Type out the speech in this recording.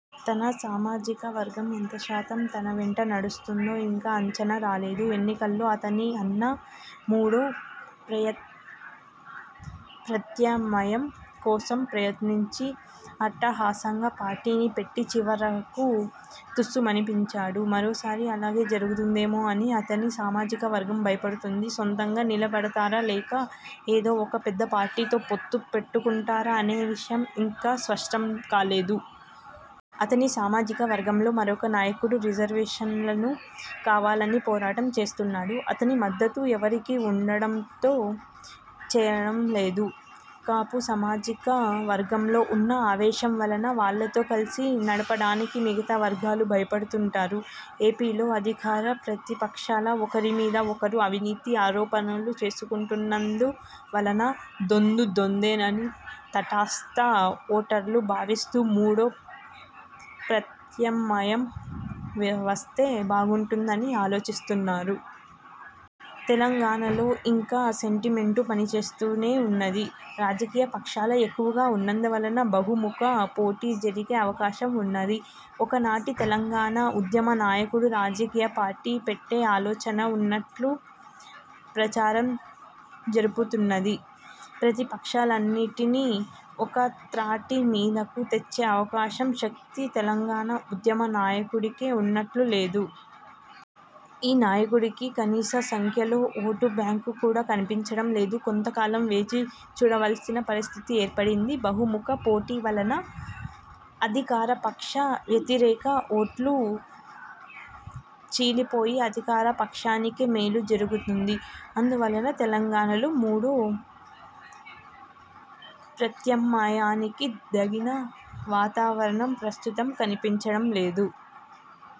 తన సామాజిక వర్గం ఎంత శాతం తన వెంట నడుస్తుందో ఇంకా అంచనా రాలేదు. ఎన్నికల్లో అతని అన్న మూడో ప్రత్యామ్నాయం కోసం ప్రయత్నించి అట్టహాసంగా పార్టీని పెట్టి చివరకు తుస్సుమనిపించాడు. మరోసారి అలాగే జరుగుతుందేమోనని అతని సామాజిక వర్గం భయపడుతుంది. సొంతంగా నిలబడతాడా లేక ఏదో ఒక పెద్ద పార్టీతో పొత్తు పెట్టుకుంటాడా అనే విషయం ఇంకా స్పష్టం కాలేదు. అతని సామాజిక వర్గంలో మరొక నాయకుడు రిజర్వేషన్లు కావాలని పోరాటం చేస్తున్నాడు. అతని మద్దతు ఎవరికి ఉంటుందో తెలియటం లేదు. కాపు సామాజిక వర్గంలో ఉన్న ఆవేశం వలన వాళ్ళతో కలిసి నడవటానికి మిగతా వర్గాలు భయపడుతుంటాయి. ఏపీలో అధికార, ప్రతిపక్షాలు ఒకరి మీద ఒకరు అవినీతి ఆరోపణలు చేసుకుంటున్నందు వలన దొందూ దొందేనని తటస్థ ఓటర్లు భావిస్తూ మూడో ప్రత్యామ్నాయం వస్తే బాగుంటుందని ఆలోచిస్తున్నారు. తెలంగాణలో ఇంకా సెంటిమెంటు పనిచేస్తూనే ఉన్నది. రాజకీయ పక్షాలు ఎక్కువగా ఉన్నందువలన బహుముఖ పోటీ జరిగే అవకాశం ఉన్నది. ఒకనాటి తెలంగాణ ఉద్యమ నాయకుడు రాజకీయ పార్టీ పెట్టే ఆలోచన ఉన్నట్లు ప్రచారం జరుగుతున్నది. ప్రతిపక్షాలన్నింటిని ఒక త్రాటి మీదకు తెచ్చే అవకాశం, శక్తి తెలంగాణ ఉద్యమ నాయకుడికి ఉన్నట్లు లేదు. ఈ నాయకుడికి కనీస సంఖ్యలో ఓటు బ్యాంకు కూడా కనిపించటం లేదు. కొంత కాలం వేచి చూడవలసిన పరిస్థితి ఏర్పడింది. బహుముఖ పోటీ వలన అధికారపక్ష వ్యతిరేక ఓట్లు చీలిపోయి అధికార పక్షానికే మేలు జరుగుతుంది. అందువలన తెలంగాణలో మూడో ప్రత్యామ్నాయానికి తగిన వాతావరణం ప్రస్తుతం కనిపించటం లేదు.